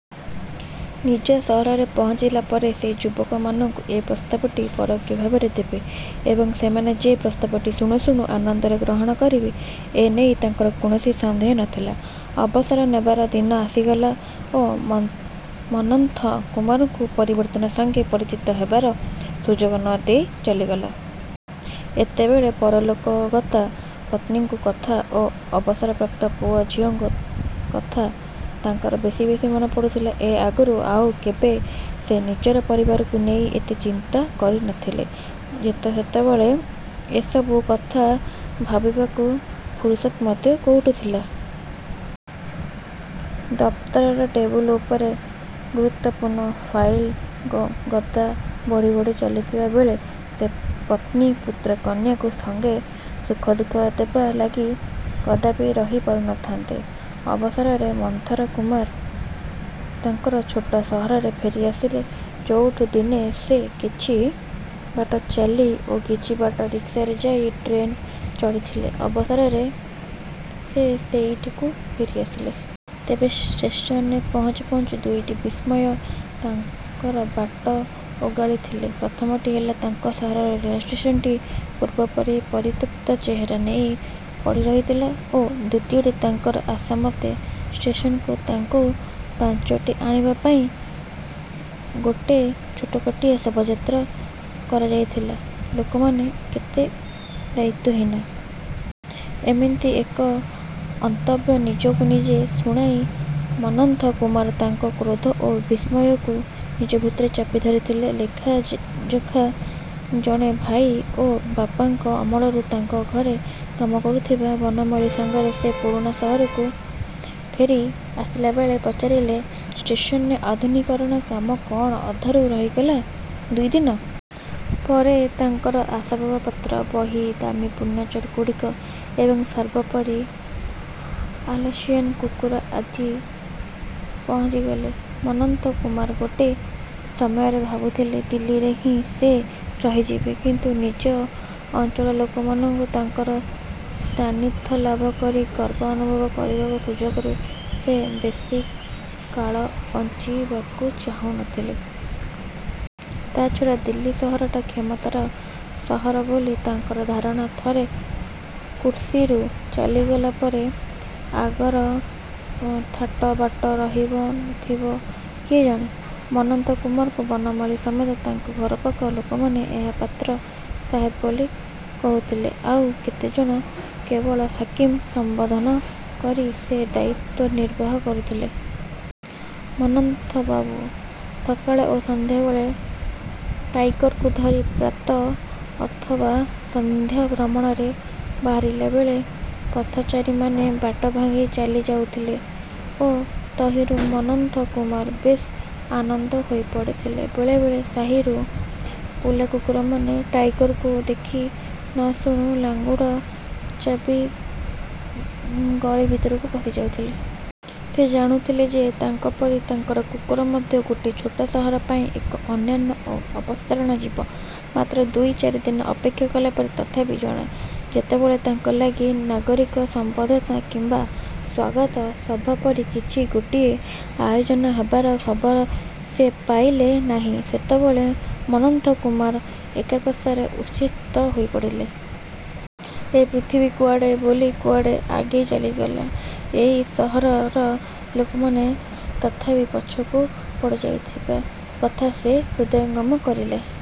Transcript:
ନିଜ ସହରରେ ପହଞ୍ଚିଲା ପରେ ସେ ଯୁବକମାନଙ୍କୁ ଏ ପ୍ରସ୍ତାବଟି ପରୋକ୍ଷ ଭାବରେ ଦେବେ ଏବଂ ସେମାନେ ଯେ ପ୍ରସ୍ତାବଟି ଶୁଣୁ ଶୁଣୁ ଆନନ୍ଦରେ ଗ୍ରହଣ କରିବେ ଏ ନେଇ ତାଙ୍କର କୌଣସି ସନ୍ଦେହ ନଥିଲା। ଅବସର ନେବାର ଦିନ ଆସିଗଲା ଓ ମନ୍ମଥ କୁମାରଙ୍କୁ ପରିବର୍ତ୍ତନ ସାଙ୍ଗେ ପରିଚିତ ହେବାର ସୁଯୋଗ ନ ଦେଇ ଚାଲିଗଲା। ଏତେବେଳେ ପରଲୋକଗତା ପତ୍ନୀଙ୍କୁ କଥା ଓ ଅବସର ପ୍ରାପ୍ତ ପୁଅ ଝିଅଙ୍କ କଥା ତାଙ୍କର ବେଶି ବେଶି ମନେ ପଡ଼ୁଥିଲା। ଏହା ଆଗରୁ ଆଉ କେବେ ସେ ନିଜର ପରିବାରକୁ ନେଇ ଏତେ ଚିନ୍ତା କରୁ ନଥିଲେ। ସେତେବେଳେ ଏସବୁ କଥା ଭାବିବାକୁ ଫୁରୁସତ ମଧ୍ୟ କୋଉଠି ଥିଲା? ଦପ୍ତରର ଟେବୁଲ ଉପରେ ଗୁରୁତ୍ୱପୂର୍ଣ୍ଣ ଫାଇଲର ଗଦା ବଢ଼ି ବଢ଼ି ଚାଲିଥିବାବେଳେ ସେ ପତ୍ନୀ-ପୁତ୍ର-କନ୍ୟାଙ୍କ ସାଙ୍ଗେ ଦୁଃଖସୁଖ ହେବା ଲାଗି କଦାପି ରହି ପାରି ନଥାନ୍ତେ। ଅବଶେଷରେ ମନ୍ମଥ କୁମାର ତାଙ୍କର ଛୋଟ ସହରକୁ ଫେରି ଆସିଲେ। ଯୋଉଠୁ ଦିନେ ସେ କିଛି ବାଟ ଚାଲି ଓ କିଛି ବାଟ ରିକ୍ସାରେ ଯାଇ ଟ୍ରେନ ଚଢ଼ିଥିଲେ ଅବଶେଷରେ ସେ ସେଇଠିକୁ ଫେରିଆସିଲେ। ତେବେ ଷ୍ଟେସନରେ ପହଞ୍ଚୁ ପହଞ୍ଚୁ ଦିଇଟି ବିସ୍ମୟ ତାଙ୍କର ବାଟ ଓଗାଳିଥିଲା। ପ୍ରଥମଟି ହେଲା, ତାଙ୍କ ସହରର ରେଳଷ୍ଟେସନଟି ପୂର୍ବପରି ପରିତ୍ୟକ୍ତ ଚେହେରା ନେଇ ପଡ଼ିରହିଥିଲା ଓ ଦ୍ୱିତୀୟ, ତାଙ୍କର ଆଶାମତେ ଷ୍ଟେସନକୁ ତାଙ୍କୁ ପାଛୋଟି ଆଣିବା ପାଇଁ ଗୋଟେ ଛୋଟଗୋଟେ ଶୋଭାଯାତ୍ରା କରାଯାଇଥିଲା। ଲୋକମାନେ କେତେ ଦାୟିତ୍ୱହୀନ! ଏମିତି ଏକ ଅନ୍ତନ୍ତ ନିଜକୁ ନିଜେ ଶୁଣାଇ ମନ୍ମଥ କୁମାର ତାଙ୍କ କ୍ରୋଧ ଏବଂ ବିସ୍ମୟକୁ ନିଜ ଭିତରେ ଚାପି ଧରିଥିଲେ। ଲେଖାଯୋଖା ଜଣେ ଭାଇ ଓ ବାପାଙ୍କ ଅମଳରୁ ତାଙ୍କ ଘରେ କାମ କରୁଥିବା ବନମାଳୀ ସାଙ୍ଗରେ ସେ ପୁରୁଣା ସହରକୁ ଫେରି ଆସିଲାବେଳେ ପଚାରିଲେ, "ଷ୍ଟେସନର ଆଧୁନିକୀକରଣ କାମ କଣ ଅଧାରୁ ରହିଗଲା?"ଦୁଇଦିନ ପରେ ତାଙ୍କର ଆସବାବପତ୍ର, ବହି, ଦାମୀ ଫର୍ଣ୍ଣିଚର ଗୁଡ଼ିଏ ଏବଂ ସର୍ବୋପରି ଆଲସେସିଆନ କୁକୁର ଆସି ପହଞ୍ଚିଗଲେ। ମନ୍ମଥ କୁମାର ଗୋଟେ ସମୟରେ ଭାବିଥିଲେ, ଦିଲ୍ଲୀରେ ହିଁ ସେ ରହିଯିବେ। କିନ୍ତୁ ନିଜ ଅଞ୍ଚଳର ଲୋକମାନଙ୍କୁ ତାଙ୍କର ସାନ୍ନିଧ୍ୟ ଲାଭ କରି ଗର୍ବ ଅନୁଭବ କରିବାର ସୁଯୋଗରୁ ସେ ବେଶିକାଳ ବଞ୍ଚିତ କରିବାକୁ ଚାହୁଁ ନଥିଲେ। ତା'ଛଡ଼ା ଦିଲ୍ଲୀ ସହରଟା କ୍ଷମତାର ସହର ବୋଲି ତାଙ୍କର ଧାରଣା। ଥରେ କୁର୍ସୀରୁ ଚାଲିଗଲା ପରେ ଆଗର ଥାଟବାଟ ରହିବ ନ ରହିବ କିଏ ଜାଣେ! ମନ୍ମଥ କୁମାରଙ୍କୁ ବନମାଳୀ ସମେତ ତାଙ୍କ ଘରପାଖ ଲୋକମାନେ ମହାପାତ୍ର ସାହେବ ବୋଲି କହୁଥିଲେ। ଆଉ କେତେଜଣ କେବଳ 'ହାକିମ' ସମ୍ବୋଧନ କରି ସେ ଦାୟିତ୍ୱ ନିର୍ବାହ କରୁଥିଲେ। ମନ୍ମଥବାବୁ ସକାଳେ ଓ ସନ୍ଧ୍ୟାବେଳେ ଟାଇଗରକୁ ଧରି ପ୍ରାତଃ ଅଥବା ସାନ୍ଧ୍ୟ ଭ୍ରମଣରେ ବାହାରିଲା ବେଳେ ପଥଚାରୀମାନେ ବାଟ ଭାଙ୍ଗି ଚାଲି ଯାଉଥିଲେ ଓ ତହିଁରୁ ମନ୍ମଥ କୁମାର ବେଶ୍ ଆନନ୍ଦ ପାଉଥିଲେ। ବେଳେବେଳେ ସାହିର ବୁଲାକୁକୁରମାନେ ଟାଇଗରକୁ ଦେଖୁ ନ ଦେଖୁଣୁ ଲାଙ୍ଗୁଡ଼ ଜାକି ଗଳି ଭିତରକୁ ପଶିଯାଉଥିଲେ। ସେ ଜାଣୁଥିଲେ ଯେ ତାଙ୍କ ପରି ତାଙ୍କର କୁକୁର ମଧ୍ୟ ଏ ଛୋଟ ସହର ପାଇଁ ଏକ ଅନନ୍ୟ ଏବଂ ଅସାଧାରଣ ଜୀବ! ମାତ୍ର ଦୁଇ ଚାରିଦିନ ଅପେକ୍ଷା କଲାପରେ ତଥାପି ଯେତେବେଳେ ତାଙ୍କ ଲାଗି ନାଗରିକ ସମ୍ବର୍ଦ୍ଧନା କିମ୍ବା ସ୍ୱାଗତ ସଭା ପରି କିଛି ଗୋଟାଏ ଆୟୋଜନ ହେବାର ଖବର ସେ ପାଇଲେ ନାହିଁ, ସେତେବେଳେ ମନ୍ମଥ କୁମାର ପ୍ରକାଶ୍ୟରେ ଉତ୍କ୍ଷିପ୍ତ ହୋଇପଡ଼ିଲେ। ଏ ପୃଥିବୀ କୁଆଡ଼େ ବୋଲି କୁଆଡ଼େ ଆଗେଇ ଚାଲିଥିଲାବେଳେ ଏଇ ସହରର ଲୋକମାନେ ତଥାପି ପଛରେ ପଡ଼ିଯାଇଥିବା କଥା ସେ ହୃଦୟଙ୍ଗମ କରିଲେ।